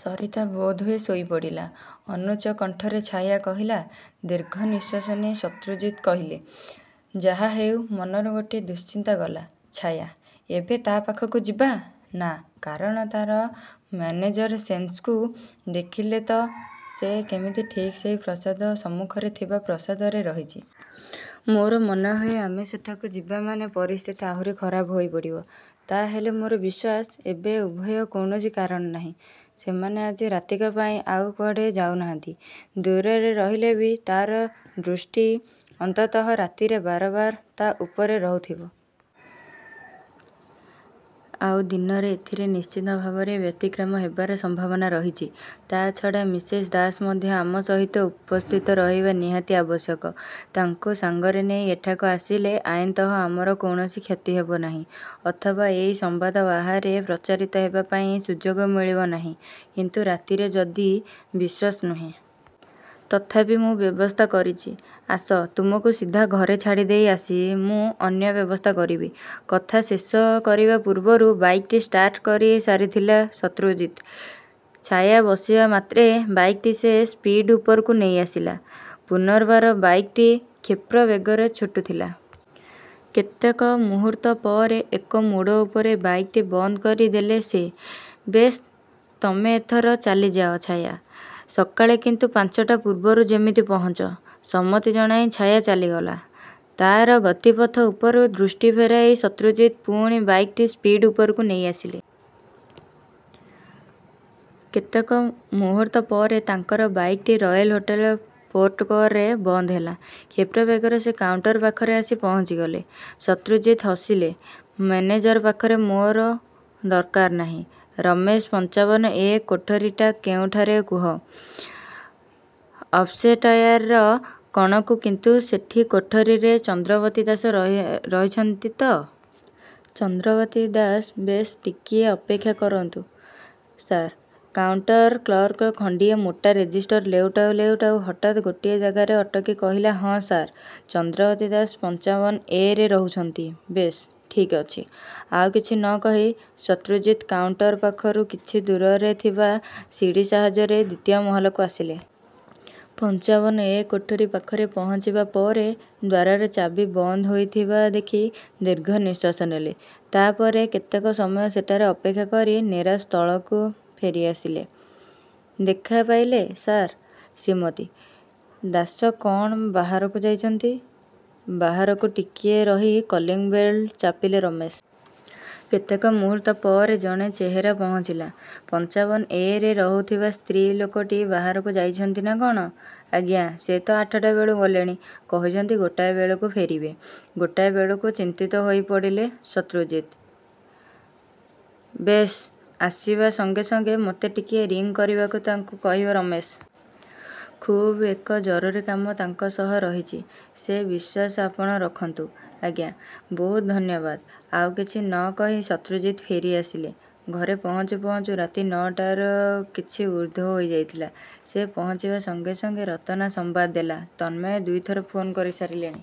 ସରିତା ବୋଧହୁଏ ଶୋଇପଡ଼ିଲା। ଅନୁଚ୍ଚ କଣ୍ଠରେ ଛାୟା କହିଲା। ଦୀର୍ଘନିଶ୍ୱାସ ନେଇ ଶତ୍ରୁଜିତ୍ କହିଲେ,"ଯାହାହେଉ ମନରୁ ଗୋଟିଏ ଦୁଶ୍ଚିନ୍ତା ଗଲା, ଛାୟା! ଏବେ ତା' ପାଖକୁ ଯିବା? ନା କାରଣ ତା'ର ମେନେଜର ସେନ୍କୁ ଦେଖିଲ ତ! ସେ କେମିତି ଠିକ୍ ସେଇ ପ୍ରାସାଦ ସମ୍ମୁଖରେ ଥିବା ପ୍ରାସାଦରେ ରହିଛି। ମୋର ମନେହୁଏ ଆମେ ସେଠାକୁ ଯିବା ମାନେ ପରିସ୍ଥିତି ଆହୁରି ଖରାପ ହୋଇପଡ଼ିବ। ତା'ହେଲେ ମୋର ବିଶ୍ୱାସ, ଏବେ ଭୟର କୌଣସି କାରଣ ନାହିଁ। ସେମାନେ ଆଜି ରାତିକ ପାଇଁ ଆଉ କୁଆଡ଼େ ଯାଉନାହାନ୍ତି। ଦୂରରେ ରହିଲେ ବି ତା'ର ଦୃଷ୍ଟି ଅନ୍ତତଃ ରାତିରେ ବରାବର ତା' ଉପରେ ରହୁଥିବ। ଆଉ ଦିନରେ ଏଥିରେ ନିଶ୍ଚିତ ଭାବରେ ବ୍ୟତିକ୍ରମ ହେବାର ସମ୍ଭାବନା ରହିଛି, ତା' ଛଡ଼ା ମିସେସ୍ ଦାସ ମଧ୍ୟ ଆମ ସହିତ ଉପସ୍ଥିତ ରହିବା ନିହାତି ଆବଶ୍ୟକ। ତାଙ୍କୁ ସାଙ୍ଗରେ ନେଇ ଏଠାକୁ ଆସିଲେ ଆଇନତଃ ଆମର କୌଣସି କ୍ଷତି ହେବ ନାହିଁ। ଅଥବା ଏଇ ସମ୍ୱାଦ ବାହାରେ ପ୍ରଚାରିତ ହେବା ପାଇଁ ସୁଯୋଗ ମିଳିବ ନାହିଁ କିନ୍ତୁ ରାତିରେ ଯଦି ବିଶ୍ୱାସ ନୁହେଁ। ତଥାପି ମୁଁ ବ୍ୟବସ୍ଥା କରିଚି। ଆସ, ତୁମକୁ ସିଧା ଘରେ ଛାଡ଼ିଦେଇ ଆସି ମୁଁ ଅନ୍ୟ ବ୍ୟବସ୍ଥା କରିବି। କଥା ଶେଷ କରିବା ପୂର୍ବରୁ ବାଇକ୍ଟି ଷ୍ଟାର୍ଟ କରିସାରିଥିଲେ ଶତ୍ରୁଜିତ୍। ଛାୟା ବସିବା ମାତ୍ରେ ବାଇକ୍ଟି ସେ ସ୍ପିଡ୍ ଉପରକୁ ନେଇଆସିଲେ। ପୂନର୍ବାର ବାଇକ୍ଟି କ୍ଷିପ୍ରବେଗରେ ଛୁଟୁଥିଲା। କେତେକ ମୁହୂର୍ତ୍ତପରେ ଏକ ମୋଡ଼ ଉପରେ ବାଇକ୍ଟି ବନ୍ଦ କରି ଦେଲେ ସେ। ବେଶ୍, ତମେ ଏଥର ଚାଲିଯାଅ, ଛାୟା! ସକାଳେ କିନ୍ତୁ ପାଞ୍ଚଟା ପୂର୍ବରୁ ଯେମିତି ପହଞ୍ଚ। ସମ୍ମତି ଜଣାଇ ଛାୟା ଚାଲିଗଲା। ତା'ର ଗତିପଥ ଉପରୁ ଦୃଷ୍ଟି ଫେରାଇ ଶତ୍ରୁଜିତ୍ ପୁଣି ବାଇକ୍ଟିକୁ ସ୍ପିଡ୍ ଉପରକୁ ନେଇଆସିଲେ। କେତେକ ମୁହୂର୍ତ୍ତପରେ ତାଙ୍କର ବାଇକ୍ଟି ରୟେଲ୍ ହୋଟେଲର ପୋର୍ଟିକୋରେ ବନ୍ଦ ହେଲା। କ୍ଷିପ୍ରବେଗରେ ସେ କାଉଣ୍ଟର ପାଖରେ ଆସି ପହଞ୍ଚିଗଲେ। ଶତ୍ରୁଜିତ୍ ହସିଲେ ମେନେଜରଙ୍କ ପାଖରେ ମୋର ଦରକାର ନାହିଁ, ରମେଶ, ପଂଚାବନ'ଏ' କୋଠରିଟା କୋଉଠାରେ କୁହ? ଅପ୍ଷ୍ଟେୟାରର କଣକୁ କିନ୍ତୁ ସେହି କୋଠରିରେ ଚନ୍ଦ୍ରାବତୀ ଦାସ ରହିଛନ୍ତି ତ? ଚନ୍ଦ୍ରାବତୀ ଦାସ ବେଶ୍, ଟିକିଏ ଅପେକ୍ଷା କରନ୍ତୁ ସାର୍! କାଉଣ୍ଟର କ୍ଲର୍କଟି ଖଣ୍ତିଏ ମୋଟା ରେଜିଷ୍ଟର ଲେଉଟାଉ ଲେଉଟାଉ ହଠାତ୍ ଗୋଟିଏ ଜାଗାରେ ଅଟକି କହିଲା ହଁ, ସାର୍, ଚନ୍ଦ୍ରାବତୀ ଦାସ ପଂଚାବନ'ଏ' ରେ ରହୁଛନ୍ତି। ବେଶ୍, ଠିକ୍ଅଛି। ଆଉ କିଛି ନ କହି ଶତ୍ରୁଜିତ୍ କାଉଣ୍ଟର ପାଖରୁ କିଛି ଦୂରରେ ଥିବା ସିଡ଼ି ସାହାର୍ଯ୍ୟରେ ଦ୍ୱିତୀୟ ମହଲାକୁ ଆସିଲେ। ପଂଚାବନ 'ଏ' କୋଠରି ପାଖରେ ପହଞ୍ଚିବା ପରେ, ଦ୍ୱାରରେ ଚାବି ବନ୍ଦ ହେଇଥିବା ଦେଖି ଦୀର୍ଘ ନିଶ୍ୱାସ ନେଲେ। ତା ପରେ କେତେକ ସମୟ ସେଠାରେ ଅପେକ୍ଷା କରି ନିରାଶରେ ତଳକୁ ଫେରିଆସିଲେ। ଦେଖା ପାଇଲେ, ସାର୍? ଶ୍ରୀମତୀ ଦାସ କଣ ବାହାରକୁ ଯାଇଛନ୍ତି? ବାହାରକୁ ଟିକିଏ ରହି, କଲିଂବେଲ୍ ଚାପିଲେ ରମେଶ। କେତେକ ମୁହୂର୍ତ୍ତ ପରେ ଜଣେ ଚେହେରା ପହଞ୍ଚିଲା। ପଂଚାବନ'ଏ' ରେ ରହୁଥିବା ସ୍ତ୍ରୀ ଲୋକଟି ବାହାରକୁ ଯାଇଛନ୍ତି ନା କଣ? ' ଆଜ୍ଞା, ସେ ତ ଆଠଟା ବେଳୁ ଗଲେଣି। କହିଛନ୍ତି ଗୋଟାଏ ବେଳକୁ ଫେରିବେ। ଗୋଟାଏ ବେଳକୁ ଚିନ୍ତିତ ହୋଇପଡ଼ିଲେ ଶତ୍ରୁଜିତ୍। ବେଶ୍, ଆସିବା ସଙ୍ଗେ ସଙ୍ଗେ ମୋତେ ଟିକିଏ ରିଂ କରିବାକୁ ତାଙ୍କୁ କହିବ, ରମେଶ! ଖୁବ୍ ଏକ ଜରୁରୀ କାମ ତାଙ୍କ ସହ ରହିଛି। ସେ ବିଶ୍ୱାସ ଆପଣ ରଖନ୍ତୁ, ଆଜ୍ଞା! ବହୁତ ଧନ୍ୟବାଦ। ଆଉ କିଛି ନ କହି ଶତ୍ରୁଜିତ୍ ଫେରିଆସିଲେ। ଘରେ ପହଞ୍ଚୁ ପହଞ୍ଚୁ ରାତି ନଅଟାରୁ କିଛି ଊର୍ଦ୍ଧ୍ୱ ହୋଇଯାଇଥିଲା। ସେ ପହଞ୍ଚିବା ସଙ୍ଗେ ସଙ୍ଗେ ରତନା ସମ୍ବାଦ ଦେଲା, ତନ୍ମୟ ଦୁଇଥର ଫୋନ୍ କରିସାରିଲେଣି।